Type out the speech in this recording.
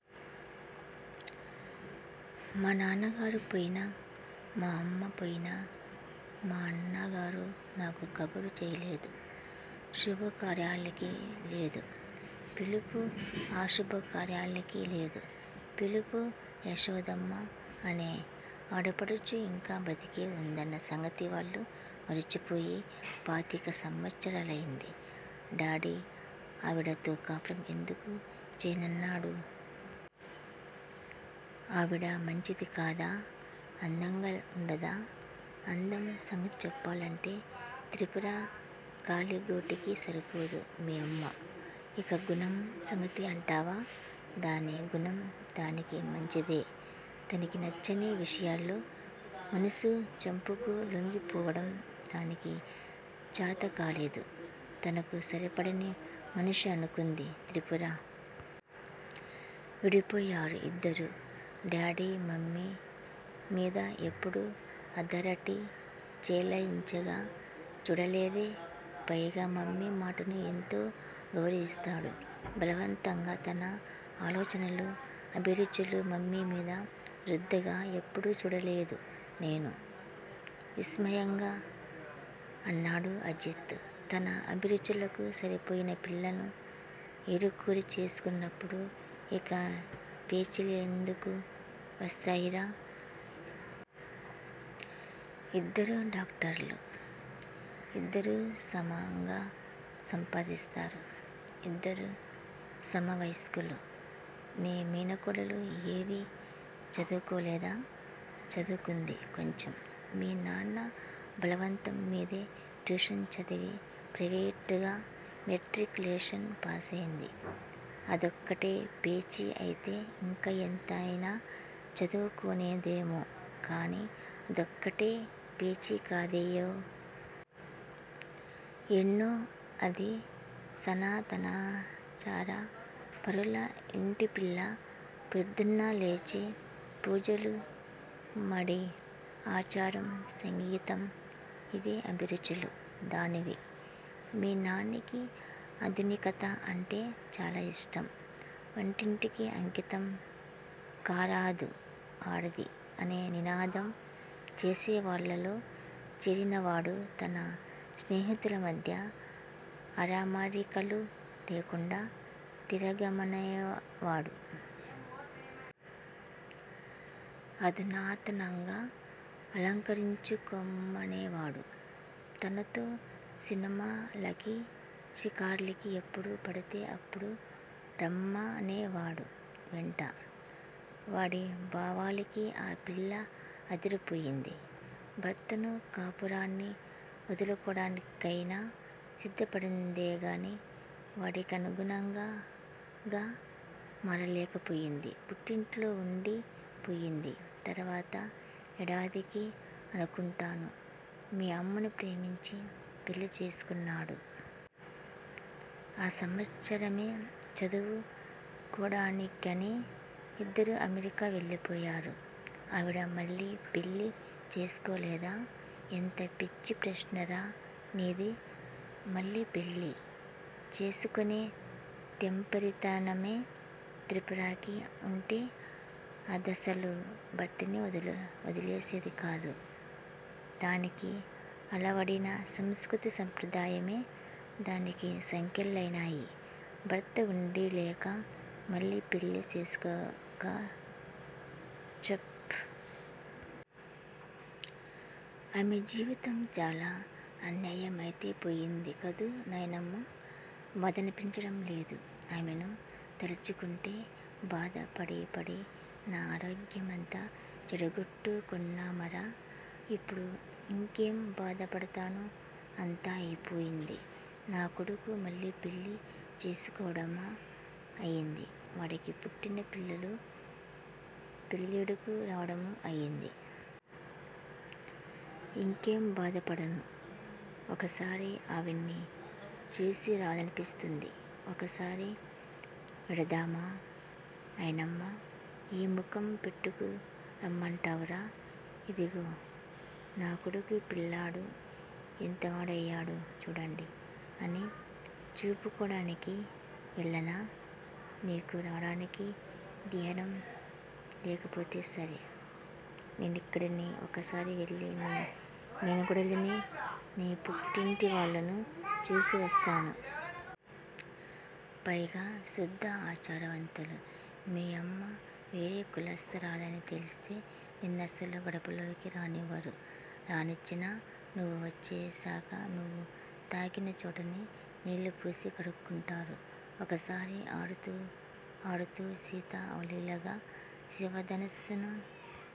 మా నాన్నగారు పోయినా, మా అమ్మ పోయినా మా అన్నగారు నాకు కబురు చేయలేదు. శుభకార్యాలకి లేదు పిలుపు ఆశుభాకార్యాలకి లేదు పిలుపు యశోదమ్మ అనే ఆడపడుచు ఇంకా బ్రతికే ఉందన్న సంగతి వాళ్ళు మరిచిపోయి పాతిక సంవత్సరాల్తెంది! డాడి ఆవిడతో కాపురం ఎందుకు చేయ్యనన్నాడు? ఆవిడ మంచిది కాదా అందంగా ఉండదా? అందం సంగతి చెప్పాలంటే త్రిపుర కాలిగోటికి సరిపోదు మీ అమ్మ! ఇక గుణం సంగతి అంటావా, దాని గుణం దానికి మంచిదే! తనకి నచ్చని విషయాల్లో మనసు చంపుకు లొంగిపోవడం దానికి చాతకాలేదు. తనకు సరిపడని మనిషిఅనుకొంది త్రిపుర. విడిపోయారు ఇద్దరు! డాడి మమ్మి మీద ఎప్పడూ అధారటి చేలాయించగా చూడలేదే! పైగా మమ్మి మాటను ఎంతో గౌరవిస్తాడు. బలవంతగా తన ఆలోచనలు, అభిరుచులు మమ్మి మీద రుద్దగా ఎప్పుడూ చూడలేదు నేను! విస్మయంగా అన్నాడు అజిత్. తన అభిరుచులకు సరిపోయిన పిల్లను ఏరికోరిచేసుకొన్నప్పుడు ఇక పేచిలేందుకు వస్తాయిరా? ఇద్దరూ డాక్టర్లు. ఇద్దరూ సమంగా సంపాదిస్తారు. ఇద్దరూ సమవయస్కులు! నీ మేనకోడలు ఏవి చదువుకోలేదా? చదువుకొంది కొంచెం. మీ నాన్న బలవంతం మిదే ట్యూషన్ చదివి ప్త్రేవేట్ గా మెట్రిక్ లేషన్ పాసయింది. అదొక్కటే పేచి అయితే ఇంకా ఎంత యినా చదువుకోనేదేమో, కానీ, అదొక్కటే పేచి కాదయ్యో! ఎన్నో! అది సనాతనాచారా పరుల ఇంటిపిల్ల! ప్రోద్దున్నలేచి పూజలు, మడి, ఆచారం, సంగీతం. ఇవే అభిరుచులు దానివి! మీ నాన్నకి ఆధునికత అంటే చాలా ఇష్టం! వంటింటికి అంకితం కారాదు ఆడది' అనే నినాదం చేసేవాళ్ళలో చేరినవాడు! తన స్నేహితుల మధ్య అరమరికలు లేకుండా తిరగమనేవాడు! ఆధునాతనంగా అలంకరించుకొమ్మనేవాడు? తనతో సినిమా లకి షికార్లకి ఎప్పుడు పడితే అప్పుడు రమ్మ నేవాడు వెంట! వాడిభావాలకి ఆ పిల్ల అదిరిపోయింది! భర్తనూ కాపురాన్ని వదులుకోడానిక్తేనా సిద్ధపడిందేగాని వాడికనుగుణం గా మారలేకపోయింది! పుట్టింట్లో ఉండి పోయింది! తరువాత ఏడాదికి అనుకొంటాను, మీ అమ్మను ప్రేమించి పెళ్ళి చేసుకున్నాడు! ఆ సంవత్సరమే చదువు కోడానికని ఇద్దరూ అమెరికా వెళ్ళి పోయారు! ఆవిడ మళ్ళి పెళ్ళి చేసుకోలేదా? ఎంత పిచ్చి ప్రశ్నరా నిది! మళ్ళి పెళ్ళి చేసుకొనే తెంపరితనమే త్రిపురకి ఉంటే, అదసలు భర్తనే వదిలేసేది కాదు! దానికి అలవడిన సంస్కృతి సంప్రదాయమే దానికి సంకెళ్ళయినాయి! భర్త ఉండిలేక, మళ్ళి పెళ్ళి చేసుకోక-ప్చ్! ఆమె జీవితం చాలా అన్యాయమ్తె పోయింది కదూ, నాయనమ్మ? బాధనిపించడం లేదూ, ఆమెను తలుచుకుంటే? బాధ పడిపడి నా ఆరోగ్యమంతా చేడగోట్టుకోన్నామరా! ఇప్పుడు ఇంకేం బాధ పడతాను? అంతా అయిపోయింది. నా కొడుకు మళ్ళి పెళ్ళి చేసుకోవడమా అయింది! వాడికి పుట్టిన పిల్లలు పెళ్ళీడుకు రావడమూ అయింది! ఇంకేం బాధపడను? ఒకసారి ఆవిణ్ణి చూచిరావాలనిపిస్తూంది! ఒకసారి వెడదామా, నాయనమ్మ? ఏ ముఖం పెట్టుకు రమ్మంటావురా? 'ఇదిగో నాకొడుకు పిల్లడు ఎంతవాడయ్యడో చూడండి అని చూపుకోడానికి వెళ్ళనా? నీకు రావడానికి ద్తేర్యం లేకపోతే సరే! నేనిక్కడిని ఒకసారి వెళ్ళి నీ మేనకోడలిని, నీ పుట్టింటి వాళ్ళనూ చూచి వస్తాను. పైగా శుద్ధ ఆచారవంతులు! మీ అమ్మ వేరే కుల స్తురాలని తెలిస్తే నిన్నసలు గడపలోకే రానివ్వరు! రాణిచ్చినా, నువ్వు వచ్చేశాక నువ్వు తాకిన చోటుని నీళ్ళుపోసి కడుక్కుంటారు! ఒకసారి ఆడుతూ ఆడుతూ సీత అవలీలగా శివధనస్సును